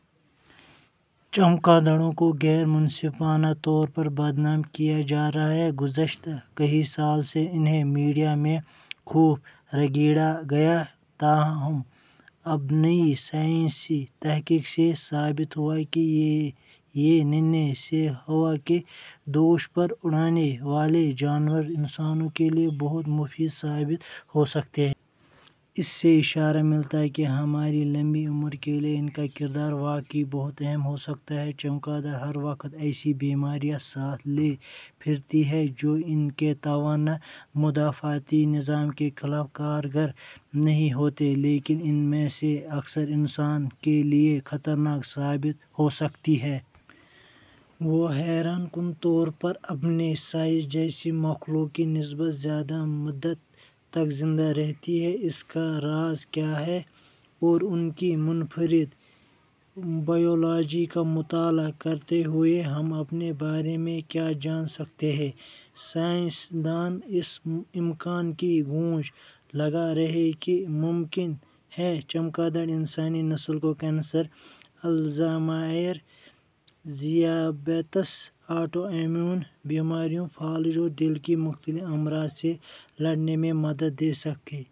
، چمگادڑوں کو غیر منصفانہ طور پر بدنام کیا جا رہا ہے۔ گذشتہ کئی سال سے انھیں میڈیا میں خوب رگیدا گیا۔ تاہم اب نئی سائنسی تحقیق سے ثابت ہوا ہے کہ یہ ننھے سے ہوا کے دوش پر اڑنے والے جانور انسانوں کے لیے بہت مفید ثابت ہو سکتے ہیں۔ اس سے اشارہ ملتا ہے کہ ہماری لمبی عمر کے لیے ان کا کردار واقعی بہت اہم ہو سکتا ہے۔ چمگادڑ ہر وقت ایسی بیماریاں ساتھ لیے پھرتی ہیں جو ان کے توانا مدافعاتی نظام کے خلاف کارگر نہیں ہوتیں لیکن ان میں سے اکثر انسانوں کے لیے خطرناک ثابت ہو سکتی ہیں۔ وہ حیران کن طور پر اپنے سائز جیسی مخلوق کی نسبت زیادہ مدت تک زندہ رہتی ہیں۔ اس کا راز کیا ہے؟ اور ان کی منفرد بائیولوجی کا مطالعہ کرتے ہوئے ہم اپنے بارے میں کیا جان سکتے ہیں؟ سائنس دان اس امکان کی کھوج لگا رہے ہیں کہ ممکن ہے چمگادڑ انسانی نسل کو کینسر، الزائمر، ذیابیطس، آٹو امیون بیماریوں، فالج اور دل کی مختلف امراض سے لڑنے میں مدد دے سکے۔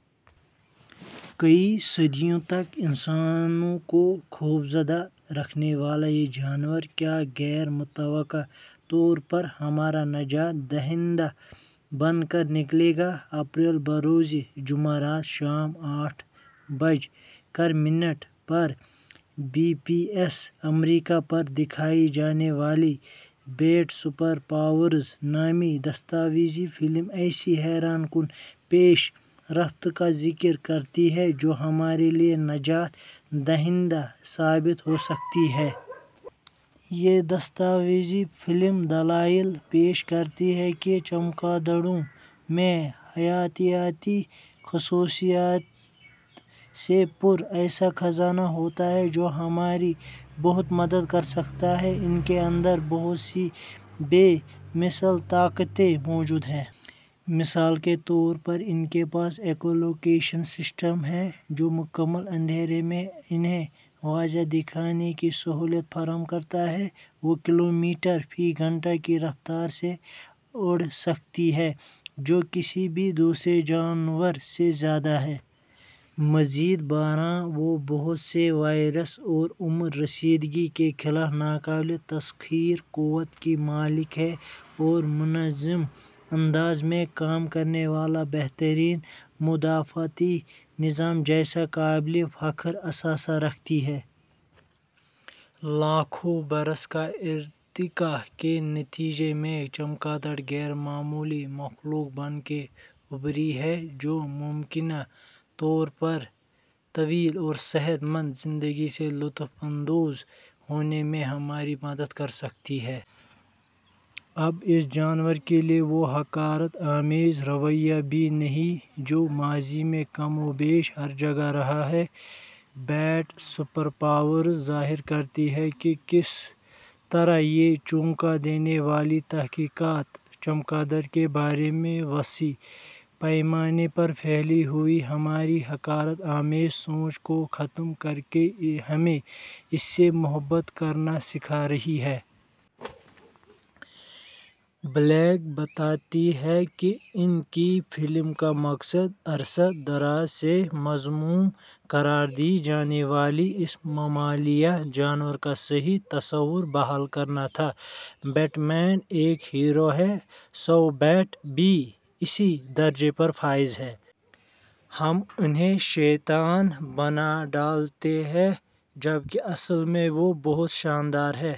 کئی صدیوں تک انسانوں کو خوفزدہ رکھنے والا یہ جانور کیا غیر متوقع طور پر ہمارا نجات دہندہ بن کر نکلے گا؟ اپریل بروز جمعرات، شام آٹھ بج کر منٹ پر بی پی ایس امریکا پر دکھائی جانے والی 'بیٹ سپر پاورز' نامی دستاویزی فلم ایسی حیران کن پیش رفت کا ذکر کرتی ہے جو ہمارے لیے نجات دہندہ ثابت ہو سکتی ہیں۔ یہ دستاویزی فلم دلائل پیش کرتی ہے کہ چمگادڑوں میں حیاتیات ی خصوصیات سے پُر ایسا خزانہ ہوتا ہے جو ہماری بہت مدد کر سکتا ہے۔ ان کے اندر بہت سی بے مثل طاقتیں موجود ہیں۔ مثال کے طور پر ان کے پاس ایکو لوکیشن سسٹم ہے جو مکمل اندھیرے میں انھیں واضح دیکھنے کی سہولت فراہم کرتا ہے۔ وہ کلومیٹر فی گھنٹہ کی رفتار سے اڑ سکتی ہیں جو کسی بھی دوسرے جانور سے زیادہ ہے۔ مزید برآں وہ بہت سے وائرس اور عمر رسیدگی کے خلاف ناقابل تسخیر قوت کی مالک ہیں اور منظم انداز میں کام کرنے والا بہترین مدافعتی نظام جیسا قابل فخر اثاثہ رکھتی ہیں۔ لاکھوں برس کا ارتقا کے نتیجے میں چمگاڈر غیر معمولی مخلوق بن کے ابھری ہیں جو ممکنہ طور پر طویل اور صحت مند زندگی سے لطف اندوز ہونے میں ہماری مدد کر سکتی ہیں۔ اب اس جانور کے لیے وہ حقارت آمیز رویہ بھی نہیں جو ماضی میں کم و بیش ہر جگہ رہا ہے۔ 'بیٹ سپر پاورز' ظاہر کرتی ہے کہ کس طرح یہ چونکا دینے والی تحقیقات چمگادڑ کے بارے میں وسیع پیمانے پر پھیلی ہوئی ہماری حقارت آمیز سوچ کو ختم کر کے ہمیں اس سے محبت کرنا سکھا رہی ہے۔ بلیک بتاتی ہیں کہ ان کی فلم کا مقصد عرصہ دراز سے مذموم قرار دی جانے والی اس ممالیہ جانور کا صحیح تصور بحال کرنا تھا۔ 'بیٹ مین ایک ہیرو ہے سو بیٹ بھی اسی درجے پر فائز ہے۔ ہم انھیں شیطان بنا ڈالتے ہیں جبکہ اصل میں وہ بہت شاندار ہیں۔